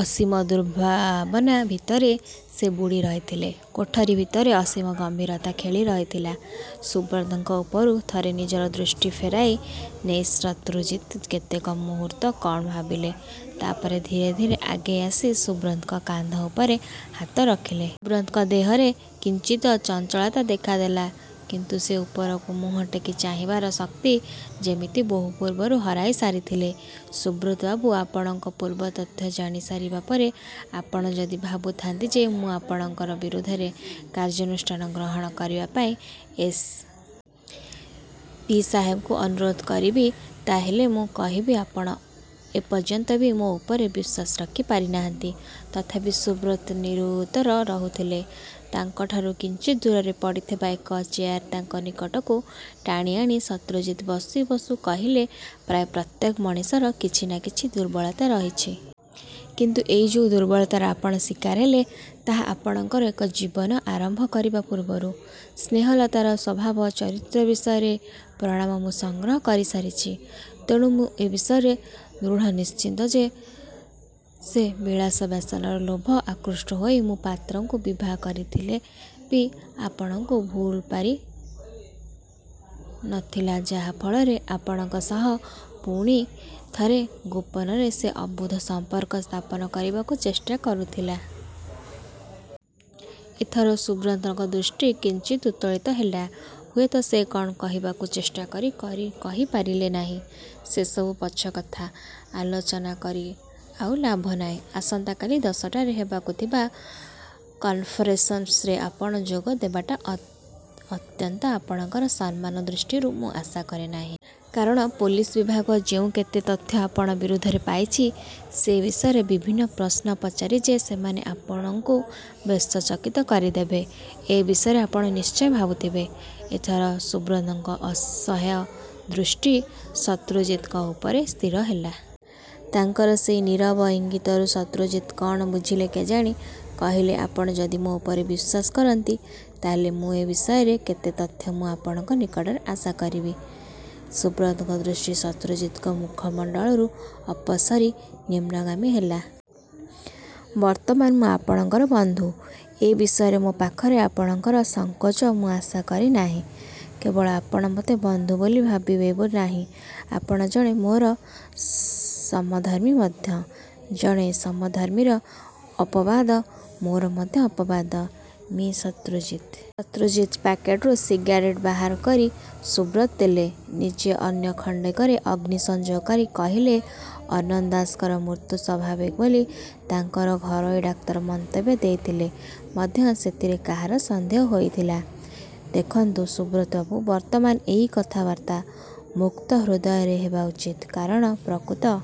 ଅସୀମ ଦୁର୍ଭାବନା ଭିତରେ ସେ ବୁଡ଼ି ରହିଥିଲେ। କୋଠରି ଭିତରେ ଅସୀମ ଗମ୍ଭୀରତା ଖେଳି ରହିଥିଲା। ସୁବ୍ରତଙ୍କ ଉପରୁ ଥରେ ନିଜର ଦୃଷ୍ଟି ଫେରାଇ ନେଇ ଶତ୍ରୁଜିତ କେତେକ ମୁହୂର୍ତ୍ତ କ'ଣ ଭାବିଲେ। ତା'ପରେ ଧୀରେ ଧୀରେ ଆଗେଇ ଆସି ସୁବ୍ରତଙ୍କ କାନ୍ଧ ଉପରେ ହାତ ରଖିଲେ। ସୁବ୍ରତଙ୍କ ଦେହରେ କିଞ୍ଚିତ୍ ଚଞ୍ଚଳତା ଦେଖାଦେଲା। କିନ୍ତୁ ସେ ଉପରକୁ ମୁହଁ ଟେକି ଚାହିଁବାର ଶକ୍ତି ଯେମିତି ବହୁ ପୂର୍ବରୁ ହରାଇ ସାରିଥିଲେ। 'ସୁବ୍ରତବାବୁ, ଆପଣଙ୍କର ପୂର୍ବ ତଥ୍ୟ ଜାଣିସାରିବା ପରେ ଆପଣ ଯଦି ଭାବୁଥାନ୍ତି ଯେ ମୁଁ ଆପଣଙ୍କର ବିରୁଦ୍ଧରେ କାର୍ଯ୍ୟାନୁଷ୍ଠାନ ଗ୍ରହଣ କରିବାପାଇଁ ଏସ୍. ପି. ସାହେବଙ୍କୁ ଅନୁରୋଧ କରିବି, ତା'ହେଲେ ମୁଁ କହିବି, ଆପଣ ଏପର୍ଯ୍ୟନ୍ତ ବି ମୋ ଉପରେ ବିଶ୍ୱାସ ରଖିପାରିନାହାନ୍ତି। ' ତଥାପି ସୁବ୍ରତ ନିରୁତ୍ତର ରହିଥିଲେ। ତାଙ୍କଠାରୁ କିଞ୍ଚିତ୍ ଦୂରରେ ପଡ଼ିଥିବା ଏକ ଚେୟାର ତାଙ୍କ ନିକଟକୁ ଟାଣି ଆଣି ଶତ୍ରୁଜିତ ବସୁ ବସୁ କହିଲେ, 'ପ୍ରାୟ ପ୍ରତ୍ୟେକ ମଣିଷର କିଛି ନା କିଛି ଦୁର୍ବଳତା ରହିଛି। କିନ୍ତୁ ଏଇ ଯୋଉ ଦୁର୍ବଳତାର ଆପଣ ଶିକାର ହେଲେ, ତାହା ଆପଣଙ୍କର ଏଇ ଜୀବନ ଆରମ୍ଭ କରିବା ପୂର୍ବରୁ। ସ୍ନେହଲତାର ସ୍ୱଭାବ ଚରିତ୍ର ବିଷୟରେ ପ୍ରମାଣ ମୁଁ ସଂଗ୍ରହ କରିସାରିଛି। ତେଣୁ ମୁଁ ଏ ବିଷୟରେ ଦୃଢ଼ ନିଶ୍ଚିତ ଯେ ସେ ବିଳାସ ବ୍ୟସନର ଲୋଭରେ ଆକୃଷ୍ଟ ହୋଇ ମି: ପାତ୍ରଙ୍କୁ ବିବାହ କରିଥିଲେ ବି ଆପଣଙ୍କୁ ଭୁଲ ପାରି ନଥିଲା, ଯାହା ଫଳରେ ଆପଣଙ୍କ ସହ ପୁଣି ଥରେ ଗୋପନରେ ସେ ଅବୈଧ ସଂପର୍କ ସ୍ଥାପନ କରିବାକୁ ଚେଷ୍ଟା କରିଥିଲା। ' ଏଥର ସୁବ୍ରତଙ୍କର ଦୃଷ୍ଟି କିଞ୍ଚିତ୍ ଉତ୍ତୋଳିତ ହେଲା। ହୁଏତ ସେ କ'ଣ କହିବାକୁ ଚେଷ୍ଟା କରି କହି ପାରିଲେ ନାହିଁ। 'ସେସବୁ ପଛକଥା ଆଲୋଚନା କରି ଆଉ ଲାଭ ନାହିଁ। ଆସନ୍ତା କାଲି ଦଶଟାରେ ହେବାକୁ ଥିବା କନ୍ଫରେନସ୍ରେ ଆପଣ ଯୋଗ ଦେବାଟା ଅନ୍ତତଃ ଆପଣଙ୍କ ସମ୍ମାନ ଦୃଷ୍ଟିରୁ ମୁଁ ଆଶା କରେ ନାହିଁ। କାରଣ ପୋଲିସ ବିଭାଗ ଯୋଉ କେତେକ ତଥ୍ୟ ଆପଣଙ୍କ ବିରୁଦ୍ଧରେ ପାଇଛି, ସେ ବିଷୟରେ ବିଭିନ୍ନ ପ୍ରଶ୍ନ ପଚାରି ଯେ ସେମାନେ ଆପଣଙ୍କୁ ବ୍ୟସ୍ତ ଚକିତ କରିଦେବେ ଏ ବିଷୟ ଆପଣ ନିଶ୍ଚୟ ଭାବୁଥିବେ। ' ଏଥର ସୁବ୍ରତଙ୍କ ଅସହାୟ ଦୃଷ୍ଟି ଶତ୍ରୁଜିତଙ୍କ ଉପରେ ସ୍ଥିର ହେଲା। ତାଙ୍କର ସେଇ ନୀରବ ଇଙ୍ଗିତରୁ ଶତ୍ରୁଜିତ କ'ଣ ବୁଝିଲେ କେଜାଣି କହିଲେ, 'ଆପଣ ଯଦି ମୋ ଉପରେ ବିଶ୍ୱାସ କରନ୍ତି, ତା'ହେଲେ ଏ ବିଷୟରେ କେତେକ ତଥ୍ୟ ମୁଁ ଆପଣଙ୍କ ନିକଟରୁ ଆଶା କରିବି। ' ସୁବ୍ରତଙ୍କର ଦୃଷ୍ଟି ଶତ୍ରୁଜିତଙ୍କ ମୁଖମଣ୍ଡଳରୁ ଅପସରି ନିମ୍ନଗାମୀ ହେଲା। 'ବର୍ତ୍ତମାନ ମୁଁ ଆପଣଙ୍କର ବନ୍ଧୁ। ଏ ବିଷୟରେ ମୋ ପାଖରେ ଆପଣଙ୍କର ସଂକୋଚ ମୁଁ ଆଶା କରେ ନାହିଁ। କେବଳ ଆପଣ ମୋତେ ବନ୍ଧୁ ବୋଲି ଭାବିବେ ନାହିଁ। ଆପଣ ଜଣେ ମୋର ସମଧର୍ମୀ ମଧ୍ୟ। ଜଣେ ସମଧର୍ମୀର ଅପବାଦ ମୋର ମଧ୍ୟ ଅପବାଦ। ' 'ମି: ଶତ୍ରୁଜିତ! ' ଶତ୍ରୁଜିତ ପ୍ୟାକେଟରୁ ସିଗାରେଟ ବାହାର କରି ସୁବ୍ରତଙ୍କୁ ଦେଲେ। ନିଜେ ଅନ୍ୟ ଖଣ୍ଡିକରେ ଅଗ୍ନି ସଂଯୋଗ କରି କହିଲେ, 'ଅନନ୍ତ ଦାସଙ୍କର ମୃତ୍ୟୁ ସ୍ୱାଭାବିକ ବୋଲି ତାଙ୍କର ଘରୋଇ ଡାକ୍ତର ମନ୍ତବ୍ୟ ଦେଇଥିଲେ ମଧ୍ୟ ସେଥିରେ କାହାର ସନ୍ଦେହ ହୋଇଥିଲା? ଦେଖନ୍ତୁ ସୁବ୍ରତବାବୁ ବର୍ତ୍ତମାନ ଏଇ କଥାବାର୍ତ୍ତା ମୁକ୍ତ ହୃଦୟରେ ହେବା ଉଚିତ। କାରଣ ପ୍ରକୃତ